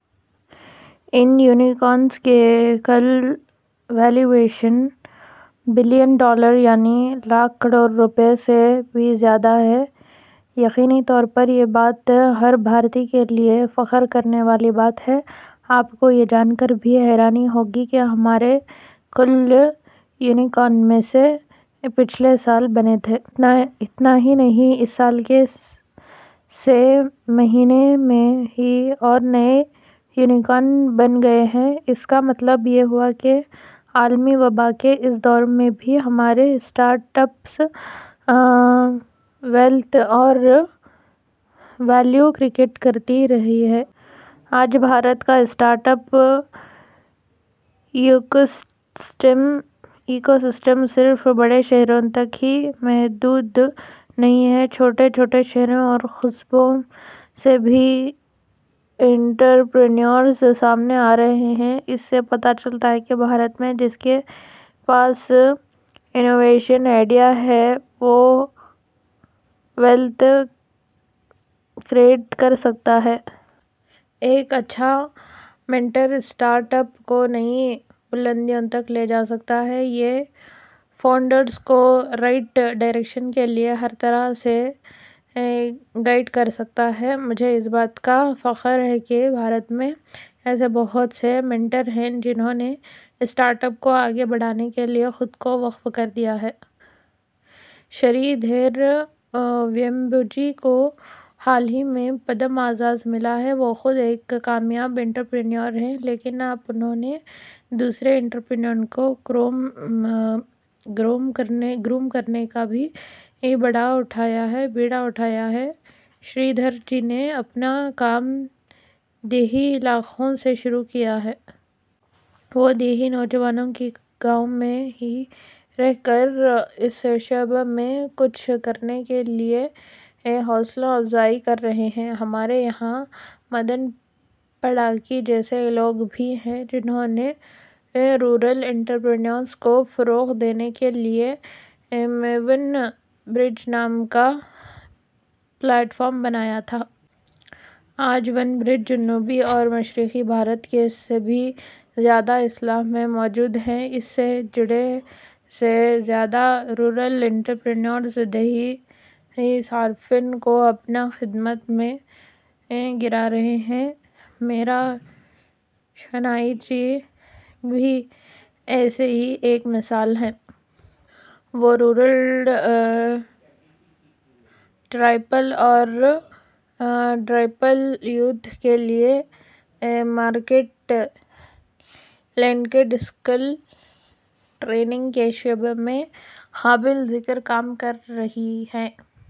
ان unicorns کا کل valuation billion dollar, یعنی لاکھ کروڑ روپئے سے بھی زیادہ ہے۔ یقینی طور پر، یہ بات ، ہر بھارتی کے لئے فخر کرنے والی بات ہے۔ آپ کو یہ جانکر بھی حیرانی ہوگی، کہ ہمارے کل یونیکارن میں سے ، پچھلے سال بنے تھے۔ اتنا ہی نہیں ، اس سال کے سے مہینے میں ہی اور نئے یونیکارن بن گئے ہیں۔ اس کا مطلب یہ ہوا کہ عالمی وبا کے اس دور میں بھی ہمارے اسٹارٹ اپس، ویلتھ اور ویلیو کریٹ کرتے رہے ہیں۔ آج، بھارت کا اسٹارٹ اپس ایکوسسٹم صرف بڑے شہروں تک ہی محدود نہیں ہے، چھوٹے -چھوٹے شہروں اور قصبوں سے بھی انٹرپرینورز سامنے آرہے ہیں۔ اس سے پتہ چلتا ہے کہ بھارت میں جس کے پاس انوویشن آئڈیا ہے وہ، ویلتھ کریٹ کرسکتا ہے۔ ایک اچھا مینٹر اسٹارٹ-اپس کو نئی بلندیوں تک لے جاسکتا ہے۔ یہ فاؤنڈرز کو رائٹ ڈیسیزن کے لئے ہر طرح سے گائیڈ کرسکتا ہے۔ مجھے، اس بات کا فخر ہے کہ بھارت میں ایسے بہت سے مینٹرز ہیں جنہوں نے اسٹارٹ-اپس کو آگے بڑھانے کے لئے خود کو وقف کردیا ہے۔ شری دھر ویمبوجی کو حال ہی میں پدم اعزاز ملا ہے۔ وہ خود ایک کامیاب انٹرپریونیور ہیں، لیکن اب انہوں نے، دوسرے انٹرپریونیور کو گروم کرنے کا بھی بیڑا اٹھایا ہے۔ شری دھر جی نے اپنا کام دیہی علاقوں سے شروع کیا ہے۔ وہ، دیہی نوجوانوں کی گاؤں میں ہی رہ کر اس شعبے میں کچھ کرنے کے لئے حوصلہ افزائی کررہے ہیں۔ ہمارے یہاں مدن پڑاکی جیسے لوگ بھی ہیں جنہوں نے رورل انٹرپریونیورز کو فروغ دینے کے لئے میں ون-برج نام کا پلیٹ فارم بنایا تھا۔ آج ، ون-برج جنوبی اور مشرقی بھارت کے سے بھی زیادہ اضلاع میں موجود ہیں۔ اس سے جڑے سے زیادہ رورل انٹرپریونیورز دیہی صارفین کو اپنی خدمات مہیا کرا رہے ہیں۔ میرا شینائے جی بھی ایسی ہی ایک مثال ہیں۔ وہ رورل ٹرائبل اور ڈزایبل یوتھ کے لئے مارکٹ لنکڈ اسکل ٹریننگ کے شعبے میں قابل ذکر کام کررہی ہیں۔